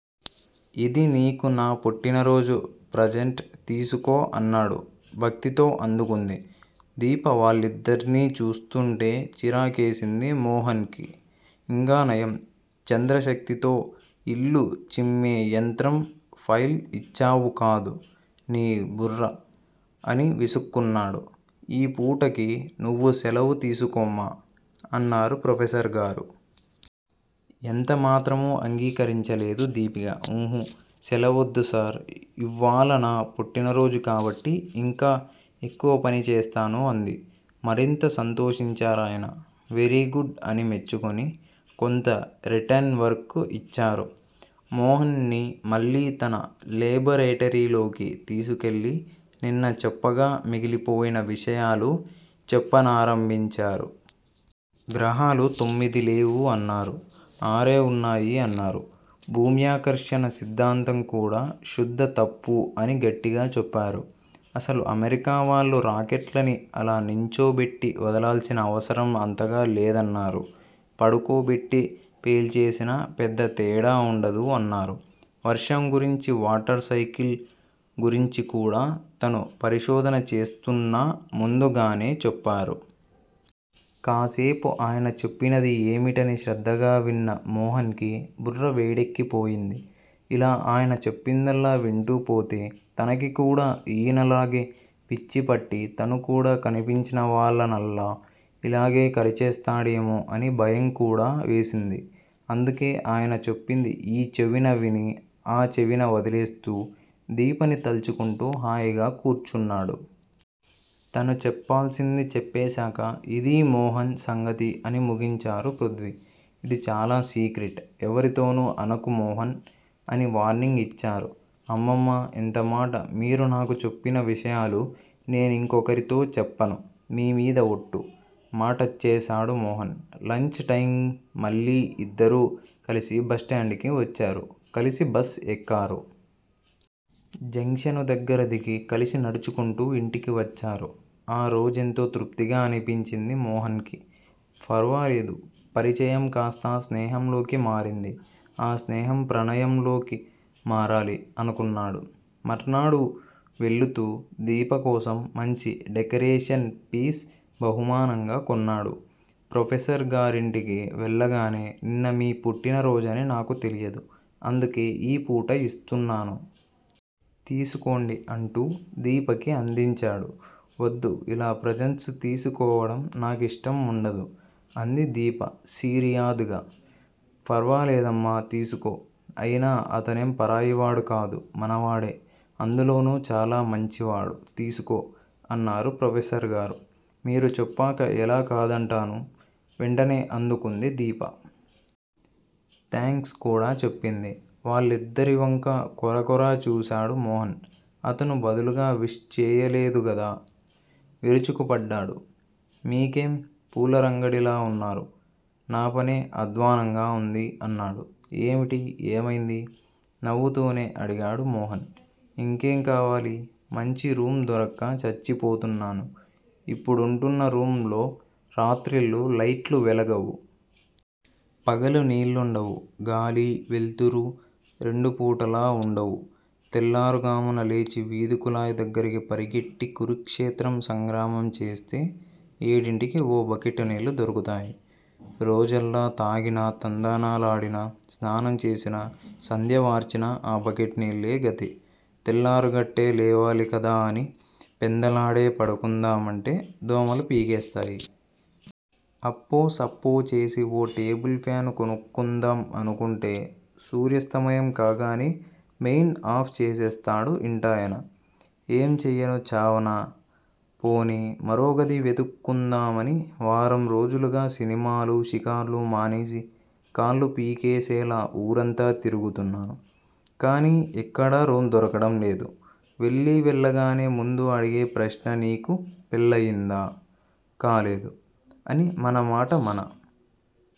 ఇది నీకు నా పుట్టినారోజు ప్రజంట్ తీసుకో అన్నాడు. భక్తితో అందుకుంది. దీప వాళ్ళిద్దర్నీ చూస్తుంటే చిరాకేసింది మోహన్ కి. ఇంకానయం చంద్రశక్తితో ఇల్లు చిమ్మే యంత్రం ఫైల్ ఇచ్చావు కాదు నీ బుర్ర, అని విసుక్కున్నాడు. ఈ పూటకి నువ్వు సెలవు తీసుకోమ్మా! అన్నారు ప్రొఫెసర్ గారు. ఎంతమాత్రమూ అంగీకరించలేదు దీపిక ఉహు! సెలవొద్దు సార్! ఇవ్వాళ నా పుట్టినరోజు కాబట్టి ఇంకా ఎక్కువ పని చేస్తాను అంది. మరింత సంతోషించారాయన. వెరీగుడ్ అని మెచ్చుకొని కొంత రిటెన్ వర్కు ఇచ్చారు. మోహన్ ని మళ్ళీ తన లేబొరేటరీలోకి తీసికెళ్ళి నిన్న చెప్పగా మిగిలిపోయిన విషయాలు చెప్పనారంభించారు. గ్రహాలు తొమ్మిదిలేవు అన్నారు. ఆరే వున్నాయి అన్నారు. భూమ్యాకర్షణ సిద్దాంతంకూడా శుద్ధ తప్పు అని గట్టిగా చెప్పారు. అసలు అమెరికావాళ్ళు రాకెట్లని అలా నించోబెట్టి వదలాల్సిన అవసరం అంతగా లేదన్నారు. పడుకో బెట్టి పెల్చేసినా పెద్ద తేడా వుండదు అన్నారు. వర్షం గురించి వాటర్ సైకిల్ గురించికూడా తను పరిశోధన చేస్తున్నా ముందుగానే చెప్పారు. కాసేపు ఆయన చెప్పినది ఏమిటని శ్రద్ధగా విన్న మోహన్ కి బుర్ర వేడెక్కి పోయింది. ఇలా ఆయన చెప్పిందల్లా వింటూపోతే తనకికూడా ఈయనలాగే పిచ్చిపట్టి తను కూడా కనిపించినవాళ్ళనల్లా ఇలాగే కరిచేస్తాడేమో అని భయంకూడా వేసింది. అందుకే ఆయన చెప్పింది ఈ చెవిన విని ఆ చెవినవదిలేస్తూ దీపని తల్చుకుంటూ హాయిగా కూర్చున్నాడు. తను చెప్పాల్సింది చెప్పేశాక ఇదీ మోహన్ సంగతి అని ముగించారు పృధ్వి. ఇది చాలా సీక్రెట్. ఎవరితోనూ అనకు మోహన్! అని వార్నింగ్ ఇచ్చారు. అమ్మమ్మ! ఎంతమాట మీరు నాకు చెప్పిన విషయాలు నేనింకొకరితో చెప్పను. మీమీద ఒట్టు! మాటచ్చేసాడు మోహన్. లంచ్ టైంకి మళ్ళీ ఇద్దరూ కలిసి బస్టాండ్ కి వచ్చారు కలసి బస్ ఎక్కారు. జంక్షను దగ్గర దిగి కలసి నడుచుకుంటూ ఇంటికి వచ్చారు. ఆ రోజెంతో తృప్తిగా అనిపించింది మోహన్ కి. ఫర్వాలేదు పరిచయం కాస్తా స్నేహంలోకి మారింది. ఆ స్నేహం ప్రణయంలోకి మారాలి! అనుకున్నాడు. మర్నాడు వేళ్ళుతూ దీపకోసం మంచి డెకరేషన్ పీస్ బహుమానంగా కొన్నాడు. ప్రొఫెసరుగారింటికి వెళ్ళగానే నిన్న మీ పుట్టినరోజని నాకు తెలియదు అందుకే ఈ పూట యిస్తున్నాను. తీసుకోండి అంటూ దీపకి అందించాడు. వద్దు యిలా ప్రజంట్సు తీసుకోవడం నాకిష్టం వుండదు! అంది దీప సీరియాద్ గా. ఫర్వలేదమ్మా తీసుకో. అయినా అతనేం పరాయివాడుకాడు మనవాడే. అందులోనూ చాలా మంచివాడు. తీసుకో! అన్నారు ప్రొఫెసర్ గారు. మీరుచెప్పాక ఎలా కాదంటాను! వెంటనే అందుకుంది దీప. థాంక్స్ కూడా చెప్పింది. వాళ్ళిద్దరివంకా కొరకొరా చూశాడు మోహన్. అతను బదులుగా విష్ చెయ్యలేదుకదా, విరుచుకుపడ్డాడు. మీకేం పూలరంగడిలావున్నారు. నాపనే అధ్వానంగా వుంది! అన్నాడు. ఏమిటి? ఏమైంది? నవ్వుతూనే అడిగాడు మోహన్. ఇంకేం కావాలి? మంచి రూమ్ దొరక్క చచ్చిపోతున్నాను. ఇప్పుడుంటున్న రూమ్ లో రాత్రిళ్ళు లైట్లు వెలగవు. పగలు నీళ్ళుండవు. గాలీ, వెల్తురు రెండుపూటలూ వుండవు. తెల్లారుఝామున లేచి వీధి కుళాయిదగ్గరికి పరిగెట్టి కురుక్షేత్రం సంగ్రామంచేస్తే ఏడింటికి ఓ బక్కెట్ నీళ్ళు దొరుకుతాయి. రోజల్లా తాగినా తందనాలాడినా, స్నానం చేసినా, సంధ్యవార్చినా ఆ బకెట్ నీళ్ళే గతి. తెల్లారుగట్టే లేవాలికదా అని పెందలాడే పడుకుందామంటే దోమలు పీకేస్తాయి. అప్పోసప్పో చేసి ఓ టేబుల్ ఫ్యాను కొనుక్కుందాం అనుకుంటే సూర్యస్తమయం కాగానే మెయిన్ ఆఫ్ చేసేస్తాడు ఇంటాయన. ఏం చెయ్యను చావనా? పోనీ మరోగది వెతుక్కుందామని వారం రోజులుగా సినిమాలూ, షికార్లూ మానేసి కాళ్ళుపీకేసేలా ఊరంతా తిరుగుతున్నాను. కానీ ఎక్కడా రూమ్ దొరకడం లేదు. వెళ్ళీ వెళ్ళగానే ముందు అడిగే ప్రశ్ననీకు పెళ్ళయిందా? కాలేదు, అని మనమాట మన